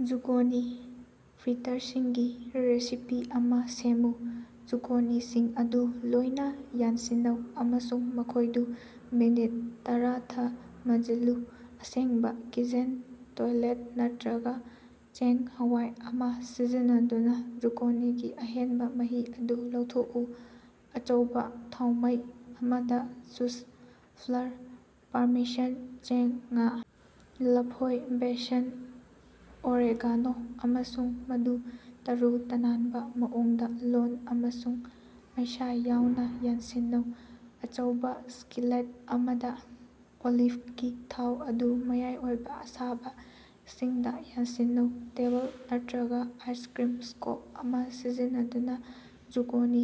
Zucchini ꯐ꯭ꯔꯤꯇꯔꯁꯤꯡꯒꯤ recipe ꯑꯃꯥ ꯁꯦꯝꯃꯨ꯫ ꯖꯨꯀꯣꯅꯤꯁꯤꯡ ꯑꯗꯨ ꯂꯣꯏꯅꯥ ꯌꯥꯟꯁꯤꯟꯅꯧ ꯑꯃꯁꯨꯡ ꯃꯈꯣꯢꯗꯨ ꯃꯤꯅꯠ ꯇꯔꯥꯊꯃꯖꯤꯜꯂꯨ꯫ ꯑꯁꯦꯡꯕꯥ ꯀꯤꯆꯦꯟ ꯇꯣꯏꯂꯦꯠ ꯅꯠꯇ꯭ꯔꯒꯥ ꯆꯦꯡ-ꯍꯋꯥꯏ ꯑꯃꯥ ꯁꯤꯖꯤꯟꯅꯗꯨꯅꯥ ꯖꯨꯀꯣꯅꯤꯒꯤ ꯑꯍꯦꯟꯕꯥ ꯃꯍꯤ ꯑꯗꯨ ꯂꯧꯊꯣꯛꯎ꯫ ꯑꯆꯧꯕꯥ ꯊꯥꯎꯃꯩ ꯑꯃꯗꯥ ꯖꯨꯁ, ꯐ꯭ꯂꯔ, ꯄꯥꯔꯃꯦꯁꯟ ꯆꯦꯡ, ꯉꯥ, ꯂꯐꯣꯏ, ꯕꯦꯁꯟ, ꯑꯣꯔꯦꯒꯥꯅꯣ, ꯑꯃꯁꯨꯡ ꯃꯗꯨ ꯇꯔꯨ-ꯇꯅꯥꯟꯕꯥ ꯃꯑꯣꯡꯗꯥ ꯂꯣꯟ ꯑꯃꯁꯨꯡ ꯃꯩꯁꯥ ꯌꯥꯎꯅꯥ ꯌꯥꯟꯁꯤꯟꯅꯧ꯫ ꯑꯆꯧꯕꯥ ꯁ꯭ꯀꯤꯂꯦꯠ ꯑꯃꯗꯥ ꯑꯣꯂꯤꯚꯒꯤ ꯊꯥꯎ ꯑꯗꯨ ꯃꯌꯥꯏ ꯑꯣꯏꯕꯥ ꯑꯁꯥꯕꯥ ꯏꯁꯤꯡꯗꯥ ꯌꯥꯟꯁꯤꯟꯅꯧ꯫ ꯇꯦꯕꯜ ꯅꯠꯇ꯭ꯔꯒꯥ ꯑꯥꯏꯁꯀ꯭ꯔꯤꯝ ꯁ꯭ꯀꯣꯞ ꯑꯃꯥ ꯁꯤꯖꯤꯟꯅꯗꯨꯅꯥ ꯖꯨꯀꯣꯅꯤ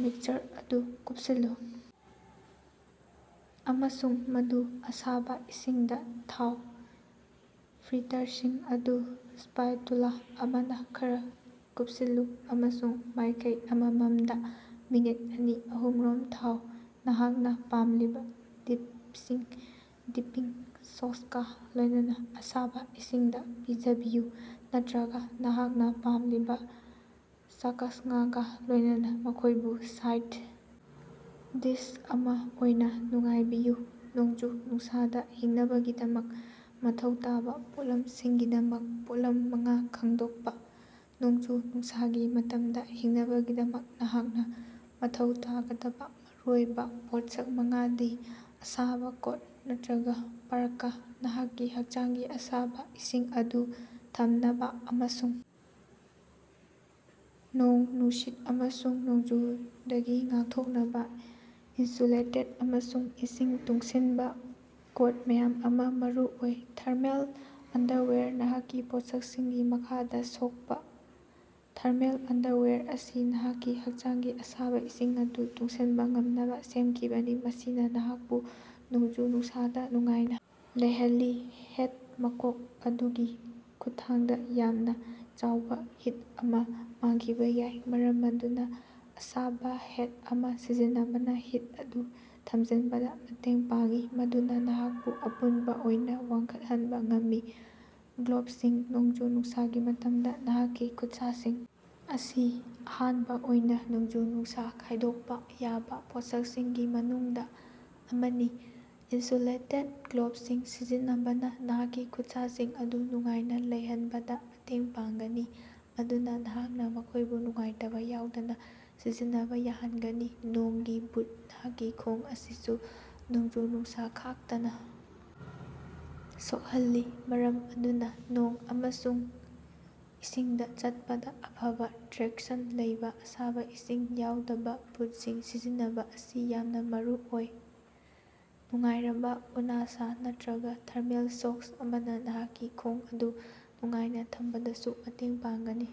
ꯃꯤꯛꯁꯆꯔ ꯑꯗꯨ ꯀꯨꯄꯁꯤꯜꯂꯨ ꯑꯃꯁꯨꯡ ꯃꯗꯨ ꯑꯁꯥꯕꯥ ꯏꯁꯤꯡꯗꯥ ꯊꯥꯎ꯫ ꯐ꯭ꯔꯤꯇꯔꯁꯤꯡ ꯑꯗꯨ ꯁ꯭ꯄꯥꯏꯇꯨꯂꯥ ꯑꯃꯅꯥ ꯈꯔꯥ ꯀꯨꯄꯁꯤꯟꯂꯨ ꯑꯃꯁꯨꯡ ꯃꯥꯢꯀꯩ ꯑꯃꯃꯝꯗꯥ ꯃꯤꯅꯠ ꯑꯅꯤ ꯑꯍꯨꯝꯔꯣꯝ ꯊꯥꯎ꯫ ꯅꯍꯥꯛꯅꯥ ꯄꯥꯝꯂꯤꯕꯥ ꯗꯤꯞꯄꯤꯡ ꯁꯣꯁꯀꯥ ꯂꯣꯢꯅꯅꯥ ꯑꯁꯥꯕꯥ ꯏꯁꯤꯡꯗꯥ ꯄꯤꯖꯕꯤꯌꯨ ꯅꯠꯇ꯭ꯔꯒꯥ ꯅꯍꯥꯛꯅꯥ ꯄꯥꯝꯂꯤꯕꯥ ꯆꯥꯀꯁꯉꯒꯥ ꯂꯣꯌꯅꯅꯥ ꯃꯈꯣꯢꯕꯨ ꯁꯥꯏꯗ ꯗꯤꯁ ꯑꯃꯥ ꯑꯣꯏꯅꯥ ꯅꯨꯡꯉꯥꯏꯕꯤꯌꯨ꯫ ꯅꯣꯡꯖꯨ-ꯅꯨꯡꯁꯥꯗꯥ ꯍꯤꯡꯅꯕꯒꯤꯗꯃꯛ ꯃꯊꯧ ꯇꯥꯕꯥ ꯄꯣꯠꯂꯝ ꯁꯤꯡꯒꯤꯗꯃꯛ ꯄꯣꯠꯂꯝ ꯃꯉꯥ ꯈꯪꯗꯣꯛꯄꯥ꯫ ꯅꯣꯡꯖꯨ-ꯅꯨꯡꯁꯥꯒꯤ ꯃꯇꯝꯗꯥ ꯍꯤꯡꯅꯕꯒꯤꯗꯃꯛ ꯅꯍꯥꯛꯅꯥ ꯃꯊꯧ ꯇꯥꯒꯗꯕꯥ ꯃꯔꯨꯑꯣꯏꯕꯥ ꯄꯣꯠꯁꯛ ꯃꯉꯥꯗꯤ: ꯑꯁꯥꯕꯥ ꯀꯣꯠ ꯅꯠꯇ꯭ꯔꯒꯥ ꯄꯥꯔꯀꯥ: ꯅꯍꯥꯛꯀꯤ ꯍꯛꯆꯥꯡꯒꯤ ꯑꯁꯥꯕꯥ ꯏꯁꯤꯡ ꯑꯗꯨ ꯊꯝꯅꯕꯥ ꯑꯃꯁꯨꯡ ꯅꯣꯡ ꯅꯨꯡꯁꯤꯠ ꯑꯃꯁꯨꯡ ꯅꯣꯡꯖꯨꯗꯒꯤ ꯉꯥꯛꯊꯣꯛꯅꯕꯥ ꯏꯟꯁꯨꯂꯦꯇꯦꯗ ꯑꯃꯁꯨꯡ ꯏꯁꯤꯡ ꯇꯨꯡꯁꯤꯟꯕꯥ ꯀꯣꯠ ꯑꯃꯥ ꯌꯥꯝꯅꯥ ꯃꯔꯨꯑꯣꯏ꯫ ꯊꯔꯃꯦꯜ ꯑꯟꯗꯔꯋꯦꯌꯔ ꯅꯍꯥꯛꯀꯤ ꯄꯣꯠꯁꯛꯁꯤꯡꯒꯤ ꯃꯈꯥꯗꯥ ꯁꯣꯛꯄꯥ, ꯊꯔꯃꯦꯜ ꯑꯟꯗꯔꯋꯦꯌꯔ ꯑꯁꯤ ꯅꯍꯥꯛꯀꯤ ꯍꯛꯆꯥꯡꯒꯤ ꯑꯁꯥꯕꯥ ꯏꯁꯤꯡ ꯇꯨꯡꯁꯤꯟꯕꯥ ꯉꯝꯅꯕꯥ ꯁꯦꯃꯈꯤꯕꯅꯤ, ꯃꯁꯤꯅꯥ ꯅꯍꯥꯛꯄꯨ ꯅꯣꯡꯖꯨ-ꯅꯨꯡꯁꯥꯗꯥ ꯅꯨꯡꯉꯥꯏꯅꯥ ꯂꯩꯍꯜꯂꯤ꯫ ꯍꯦꯠ: ꯃꯀꯣꯛ ꯑꯗꯨꯒꯤ ꯈꯨꯠꯊꯥꯡꯗꯥ ꯌꯥꯝꯅꯥ ꯆꯥꯎꯕꯥ ꯍꯤꯠ ꯑꯃꯥ ꯃꯥꯡꯈꯤꯕꯥ ꯌꯥꯏ, ꯃꯔꯝ ꯑꯗꯨꯅꯥ ꯑꯁꯥꯕꯥ ꯍꯦꯠ ꯑꯃꯥ ꯁꯤꯖꯤꯟꯅꯕꯅꯥ ꯍꯤꯠ ꯑꯗꯨ ꯊꯃꯖꯤꯟꯕꯗꯥ ꯃꯇꯦꯡ ꯄꯥꯡꯏ, ꯃꯗꯨꯅꯥ ꯅꯍꯥꯛꯄꯨ ꯑꯄꯨꯟꯕꯥ ꯑꯣꯏꯅꯥ ꯋꯥꯡꯈꯠꯍꯟꯕꯥ ꯉꯝꯃꯤ꯫ ꯒ꯭ꯂꯣꯕꯁꯤꯡ ꯅꯣꯡꯖꯨ-ꯅꯨꯡꯁꯥꯒꯤ ꯃꯇꯝꯗꯥ, ꯅꯍꯥꯛꯀꯤ ꯈꯨꯠꯁꯥꯁꯤꯡ ꯑꯁꯤ ꯑꯍꯥꯟꯕꯥ ꯑꯣꯏꯅꯥ ꯅꯣꯡꯖꯨ-ꯅꯨꯡꯁꯥ ꯈꯥꯢꯗꯣꯛꯄꯥ ꯌꯥꯕꯥ ꯄꯣꯠꯁꯛꯁꯤꯡꯒꯤ ꯃꯅꯨꯡꯗꯥ ꯑꯃꯅꯤ꯫ ꯏꯟꯁꯨꯂꯦꯇꯦꯗ ꯒ꯭ꯂꯣꯕꯁꯤꯡ ꯁꯤꯖꯤꯟꯅꯕꯅꯥ ꯅꯍꯥꯛꯀꯤ ꯈꯨꯠꯁꯥꯁꯤꯡ ꯑꯗꯨ ꯅꯨꯡꯉꯥꯏꯅꯥ ꯂꯩꯍꯅꯕꯗꯥ ꯃꯇꯦꯡ ꯄꯥꯡꯒꯅꯤ, ꯃꯗꯨꯅꯥ ꯅꯍꯥꯛꯅꯥ ꯃꯈꯣꯢꯕꯨ ꯅꯨꯡꯉꯥꯏꯇꯕꯥ ꯌꯥꯎꯗꯅꯥ ꯁꯤꯖꯤꯟꯅꯕꯥ ꯌꯥꯍꯟꯒꯅꯤ꯫ ꯅꯣꯡꯒꯤ ꯕꯨꯠ: ꯅꯍꯥꯛꯀꯤ ꯈꯣꯡ ꯑꯁꯤꯁꯨ ꯅꯣꯡꯖꯨ-ꯅꯨꯡꯁꯥ ꯈꯥꯛꯇꯅꯥ ꯁꯣꯛꯍꯜꯂꯤ ꯃꯔꯝ ꯑꯗꯨꯅꯥ ꯅꯣꯡ ꯑꯃꯁꯨꯡ ꯏꯁꯤꯡꯗꯥ ꯆꯠꯄꯗꯥ ꯑꯐꯕꯥ ꯇ꯭ꯔꯦꯛꯁꯟ ꯂꯩꯕꯥ ꯑꯁꯥꯕꯥ ꯏꯁꯤꯡ ꯌꯥꯎꯗꯕꯥ ꯕꯨꯠꯁꯤꯡ ꯁꯤꯖꯤꯟꯅꯕꯥ ꯑꯁꯤ ꯌꯥꯝꯅꯥ ꯃꯔꯨꯑꯣꯏ꯫ ꯅꯨꯡꯉꯥꯏꯔꯕꯥ ꯎꯅꯁꯥ ꯅꯠꯇ꯭ꯔꯒꯥ ꯊꯔꯃꯦꯜ ꯁꯣꯛꯁ ꯑꯃꯅꯥ ꯅꯍꯥꯛꯀꯤ ꯈꯣꯡ ꯑꯗꯨ ꯅꯨꯡꯉꯥꯏꯅꯥ ꯊꯝꯕꯗꯁꯨ ꯃꯇꯦꯡ ꯄꯥꯡꯒꯅꯤ꯫